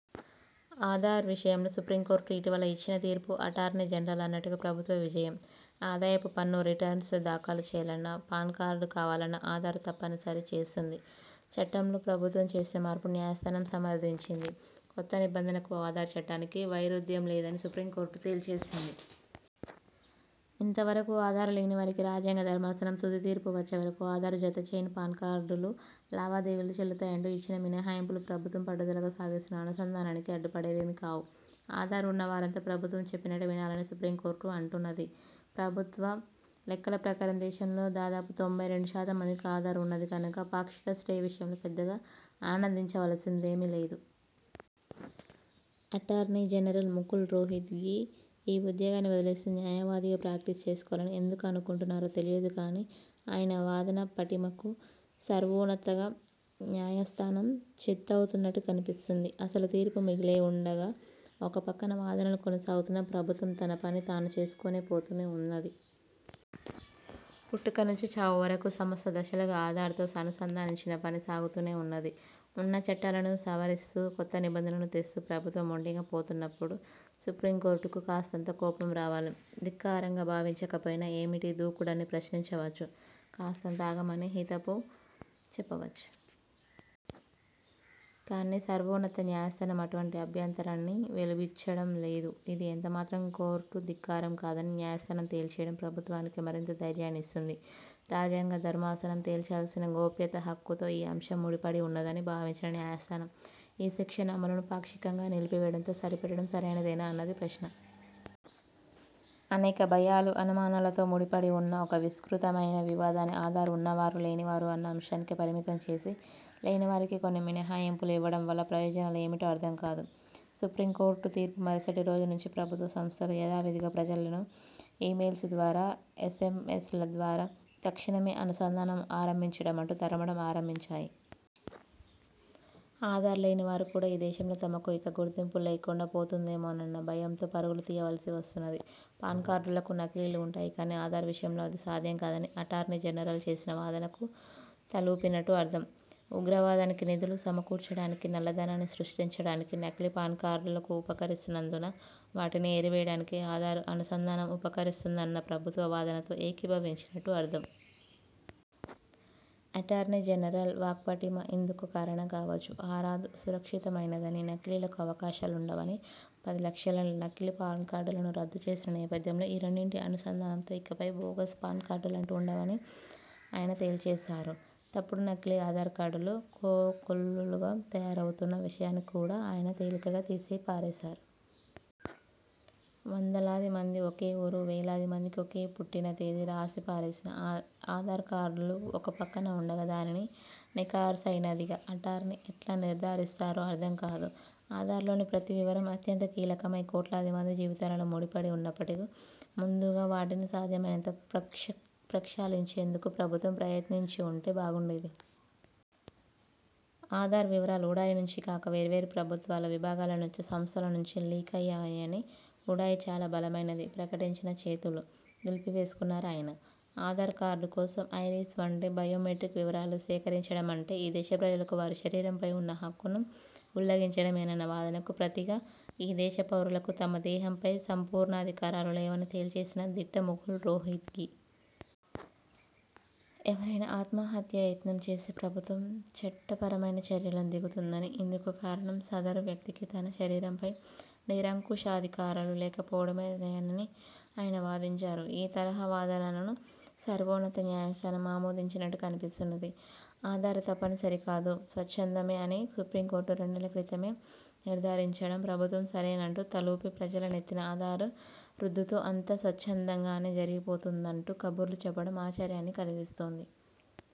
ఆధార్ విషయంలో సుప్రీంకోర్టు ఇటీవల ఇచ్చిన తీర్పు అటార్నీ జనరల్ అన్నట్టుగా ప్రభుత్వ విజయం. ఆదాయపుపన్ను రిటర్న్స్ దాఖలు చేయాలన్నా, పాన్కార్డు కావాలన్నా ఆధార్ తప్పని సరిచేస్తూ చట్టంలో ప్రభుత్వం చేసిన మార్పును న్యాయస్థానం సమర్థించింది. కొత్త నిబంధనకు, ఆధార్ చట్టానికీ వైరుధ్యం లేదని సుప్రీంకోర్టు తేల్చేసింది. ఇంతవరకూ ఆధార్ లేనివారికీ, రాజ్యాంగ ధర్మాసనం తుది తీర్పు వచ్చేవరకూ ఆధార్ జతచేయని పాన్కార్డులు, లావాదేవీలు చెల్లుతాయంటూ ఇచ్చిన మినహాయింపులూ ప్రభుత్వం పట్టుదలగా సాగిస్తున్న అనుసంధానానికి అడ్డుపడేవేమీ కావు. ఆధార్ ఉన్నవారంతా ప్రభుత్వం చెప్పినట్టే వినాలని సుప్రీంకోర్టు అంటున్నది. ప్రభుత్వ లెక్కల ప్రకారం దేశంలో దాదాపుగా తొంభై రెండుశాతం మందికి ఆధార్ ఉన్నది కనుక, 'పాక్షిక స్టే' విషయంలో పెద్దగా ఆనందించవలసిందేమీ లేదు. అటార్నీ జనరల్ ముకుల్ రోహిత్గీ ఈ ఉద్యోగాన్ని వదిలేసి, న్యాయవాదిగా ప్రాక్టీస్ చేసుకోవాలని ఎందుకు అనుకుంటున్నారో తెలియదు కానీ, ఆయన వాదనాపటిమకు సర్వోన్నత న్యాయస్థానం చిత్తవుతున్నట్టు కనిపిస్తున్నది. అసలు తీర్పు మిగిలే ఉండగా, ఒక పక్కన వాదనలు కొనసాగుతున్నా ప్రభుత్వం తన పని తాను చేసుకుపోతూనే ఉన్నది. పుట్టుక నుంచి చావు వరకూ సమస్త దశలనూ ఆధార్తో అనుసంధానించే పని సాగుతూనే ఉన్నది. ఉన్న చట్టాలను సవరిస్తూ, కొత్త నిబంధనలు తెస్తూ ప్రభుత్వం మొండిగా పోతున్నప్పుడు సుప్రీంకోర్టుకు కాస్తంత కోపం రావాలి. ధిక్కారంగా భావించకపోయినా, ఏమిటీ దూకుడని ప్రశ్నించవచ్చు. కాస్తంత ఆగమని హితవు చెప్పవచ్చు. కానీ, సర్వోన్నత న్యాయస్థానం అటువంటి అభ్యంతరాన్ని వెలిబుచ్చడం లేదు. ఇది ఎంతమాత్రం కోర్టు ధిక్కారం కాదని న్యాయస్థానం తేల్చేయడం ప్రభుత్వానికి మరింత ధైర్యాన్ని ఇస్తుంది. రాజ్యాంగ ధర్మాసనం తేల్చాల్సిన గోప్యత హక్కుతో ఈ అంశం ముడిపడివున్నదని భావించిన న్యాయస్థానం ఈ సెక్షన్ అమలును పాక్షికంగా నిలిపివేయడంతో సరిపెట్టడం సరైనదేనా అన్నది ప్రశ్న. అనేక భయాలు, అనుమానాలతో ముడిపడివున్న ఒక విస్తృతమైన వివాదాన్ని ఆధార్ ఉన్నవారూ లేనివారూ అన్న అంశానికి పరిమితం చేసి, లేనివారికి కొన్ని మినహాయింపులు ఇవ్వడం వల్ల ప్రయోజనం ఏమిటో అర్థంకాదు. సుప్రీంకోర్టు తీర్పు మరుసటి రోజు నుంచే ప్రభుత్వ సంస్థలు యథావిథిగా ప్రజలను ఈమెయిల్స్ ద్వారా, ఎస్ఎంఎస్ల ద్వారా తక్షణమే అనుసంధానం ఆరంభించమంటూ తరమడం ఆరంభించాయి. ఆధార్లేనివారు కూడా ఈ దేశంలో తమకు ఇక గుర్తింపులేకుండా పోతుందేమోనన్న భయంతో పరుగులు తీయవలసి వస్తున్నది. పాన్కార్డులకు నకిలీలు ఉంటాయి కానీ, ఆధార్ విషయంలో అది సాధ్యం కాదని అటార్నీ జనరల్ చేసిన వాదనకు తలూపినట్టు అర్థం. ఉగ్రవాదానికి నిధులు సమకూర్చడానికీ, నల్లధనాన్ని సృష్టించడానికీ నకిలీ పాన్కార్డులు ఉపకరిస్తున్నందున వాటిని ఏరివేయడానికి ఆధార్ అనుసంధానం ఉపకరిస్తుందన్న ప్రభుత్వ వాదనతో ఏకీభవించినట్టు అర్థం. అటార్నీ జనరల్ వాక్పటిమ ఇందుకు కారణం కావచ్చు. ఆధార్ సురక్షితమైనదనీ, నకిలీలకు అవకాశాలుండవనీ, పది లక్షల నకిలీ పాన్కార్డులను రద్దుచేసిన నేపథ్యంలో ఈ రెండింటి అనుసంధానంతో ఇకపై బోగస్ పాన్కార్డులంటూ ఉండవని ఆయన తేల్చేశారు. తప్పుడు, నకిలీ ఆధార్ కార్డులు కోకొల్లలుగా తయారవుతున్న విషయాన్ని కూడా ఆయన తేలికగా తీసిపారేశారు. వందలాదిమందికి ఒకే ఊరు, వేలాది మందికి ఒకే పుట్టిన తేదీ రాసిపారేసిన ఆధార్కార్డులు ఒకపక్కన ఉండగా, దానిని నికార్సయినదిగా అటార్నీ ఎట్లా నిర్థారిస్తారో అర్థం కాదు. ఆధార్లోని ప్రతి వివరం అత్యంత కీలకమై, కోట్లాదిమంది జీవితాలతో ముడి పడివున్నప్పుడు ముందుగా వాటిని సాధ్యమైనంత ప్రక్షాళించేందుకు ప్రభుత్వం ప్రయత్నించివుంటే బాగుండేది. ఆధార్ వివరాలు ఉడాయ్ నుంచి కాక వేర్వేరు ప్రభుత్వ విభాగాల నుంచి, సంస్థల నుంచి లీకయ్యాయనీ, ఉడాయ్ చాలా బలమైనదని ప్రకటించి చేతులు దులిపేసుకున్నారు ఆయన. ఆధార్ కార్డుకోసం ఐరిస్ వంటి బయోమెట్రిక్ వివరాలను సేకరించడమంటే ఈ దేశప్రజలకు వారి శరీరంపై ఉన్న హక్కును ఉల్లంఘించడమేనన్న వాదనకు ప్రతిగా ఈ దేశ పౌరులకు తమ దేహంపై సంపూర్ణాధికారాలు లేవని తేల్చేసిన దిట్ట ముకుల్ రోహిత్గీ. ఎవరైనా ఆత్మహత్యాయత్నం చేస్తే ప్రభుత్వం చట్టపరమైన చర్యలకు దిగుతుందనీ, ఇందుకు కారణం సదరు వ్యక్తికి తన శరీరంపై నిరంకుశాధికారాలు లేకపోవడమేనని ఆయన వాదించారు. ఈ తరహా వాదనను సర్వోన్నత న్యాయస్థానం ఆమోదించినట్టు కనిపిస్తున్నది. ఆధార్ తప్పనిసరి కాదు, స్వచ్ఛందమే అని సుప్రీంకోర్టు రెండేళ్ళ క్రితమే నిర్థారించడం, ప్రభుత్వం సరేనంటూ తలూపి, ప్రజల నెత్తిన ఆధార్ రుద్దుతూ అంతా స్వచ్ఛందంగానే జరిగిపోతోందంటూ కబుర్లు చెప్పడం ఆశ్చర్యాన్ని కలిగిస్తుంది.